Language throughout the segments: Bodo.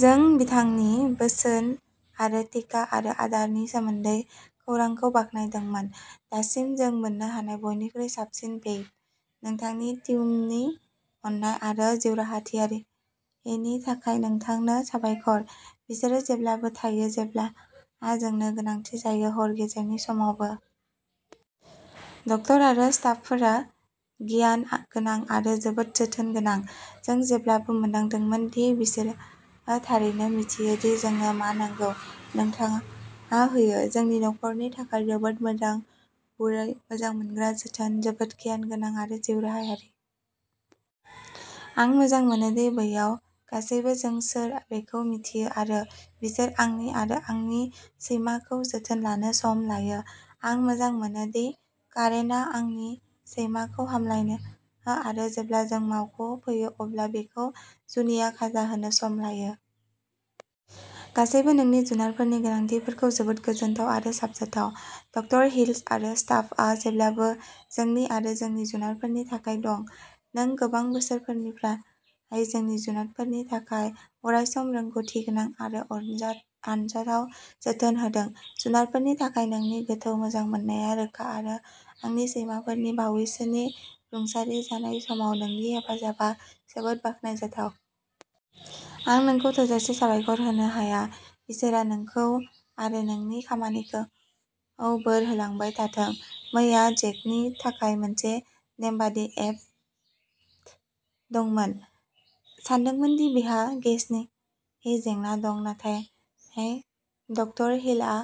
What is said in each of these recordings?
जों बिथांनि बोसोन आरो टिका आरो आदारनि सोमोन्दै खौरांखौ बाख्नायदोंमोन। दासिम जों मोन्नो हानाय बयनिख्रुइ साबसिन भेइट, नोंथांनि टीमनि अननाय आरो जिउराहायारिथिनि थाखाय नोंथांनो साबायखर। बिसोर जेब्लाबो थायो जेब्ला जोंनो गोनांथि जायो। हर गेजेरनि समावबो। ड. आरो स्टाफफोरा गियान गोनां आरो जोबोद जोथोन गोनां। जों जेब्लाबो मोनदांदोंमोन दि बिसोरो थारैनो मिथियो दि जोंनो मा नांगौ। नोंथाङा होयो। जोंनि नखरनि थाखाय जोबोद मोजां, गुरै, मोजां मोनग्रा जोथोन। जोबोद गियान गोनां आरो जिउराहायारि। आं मोजां मोनो दि बैयाव गासैबो जों सोर बेखौ मिथियो आरो बिसोर आंनि आरो आंनि सैमाखौ जोथोन लानो सम लायो। आं मोजां मोनो दि कारेनआ आंनि सैमाखौ हामलायनो आरो जेब्ला जों मावख'आव फैयो अब्ला बिखौ जुनिया खाजा होनो सम लायो। गासैबो नोंनि जुनारफोरनि गोनांथिफोरखौ जोबोद गोजोनथाव आरो साबजाथाव! ड. हिल्स आरो स्टाफआ जेब्लाबो जोंनि आरो जोंनि जुनारफोरनि थाखाय दं। नों गोबां बोसोरफोरनिफ्राय जोंनि जुनारफोरनि थाखाय अरायसम रोंग'थिगोनां आरो अनजाथाव जोथोन होदों। जुनारफोरनि थाखाय नोंनि गोथौ मोजां मोननाया रोखा आरो आंनि सैमाफोरनि बावैसोनि रुंसारि जानाय समाव नोंनि हेफाजाबआ जोबोद बाखनायजाथाव। आं नोंखौ थोजासे साबायखर होनो हाया। इसोरआ नोंखौ आरो नोंनि खामानिखौ बोर होलांबाय थाथों। मैया जेकनि थाखाय मोनसे नेमबादि एप्ट दंमोन। सानदोंमोन दि बिहा गेसनि जेंना दं नाथाय ड. हिलआ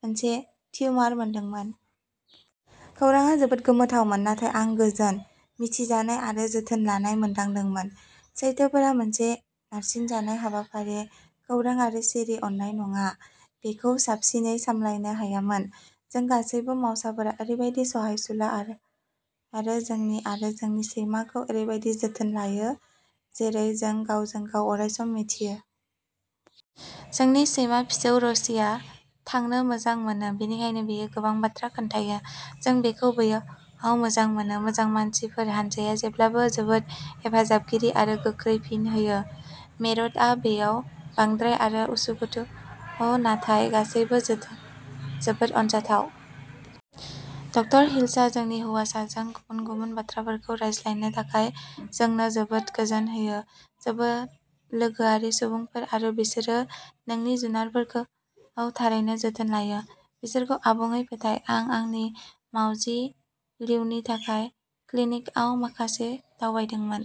मोनसे टिउमार मोनदोंमोन। खौरांआ जोबोद गोमोथावमोन, नाथाय आं गोजोन, मिथिजानाय आरो जोथोन लानाय मोनदांदोंमोन। सैथोफोरा मोनसे नारसिनजानाय हाबाफारि, खौरां आरो सिरि अननाय नङा। बेखौ साबसिनै सामलायनो हायामोन। जों गासैबो मावसाफोरा ओरैबायदि सहायसुला आरो जोंनि आरो जोंनि सैमाखौ ओरैबायदि जोथोन लायो जेरै जों गावजों-गाव अरायसम मिथियो। जोंनि सैमा फिसौ र'सीआ थांनो मोजां मोनो, बेनिखायनो बेयो गोबां बाथ्रा खोन्थायो! जों बेखौ बैयाव मोजां मोनो! मोजां मानसिफोर!?? हानजाया जेब्लाबो जोबोद हेफाजाबगिरि आरो गोख्रै फिन होयो। मेरट'आ बैयाव बांद्राय आरो उसुखुथु नाथाय गासैबो जोबोद अनजाथाव। ड. हिल्सआ जोंनि हौवासाजों गुबुन-गुबुन बाथ्राफोरखौ रायज्लायनो थाखाय जोंनो जोबोद गोजोन होयो। जोबोद लोगोआरि सुबुंफोर आरो बिसोरो नोंनि जुनारफोरखौ थारैनो जोथोन लायो। बिसोरखौ आबुङै फोथाय। आं आंनि मावजि लिअ'नि थाखाय क्लिनिकआव माखासे दावबायदोंमोन।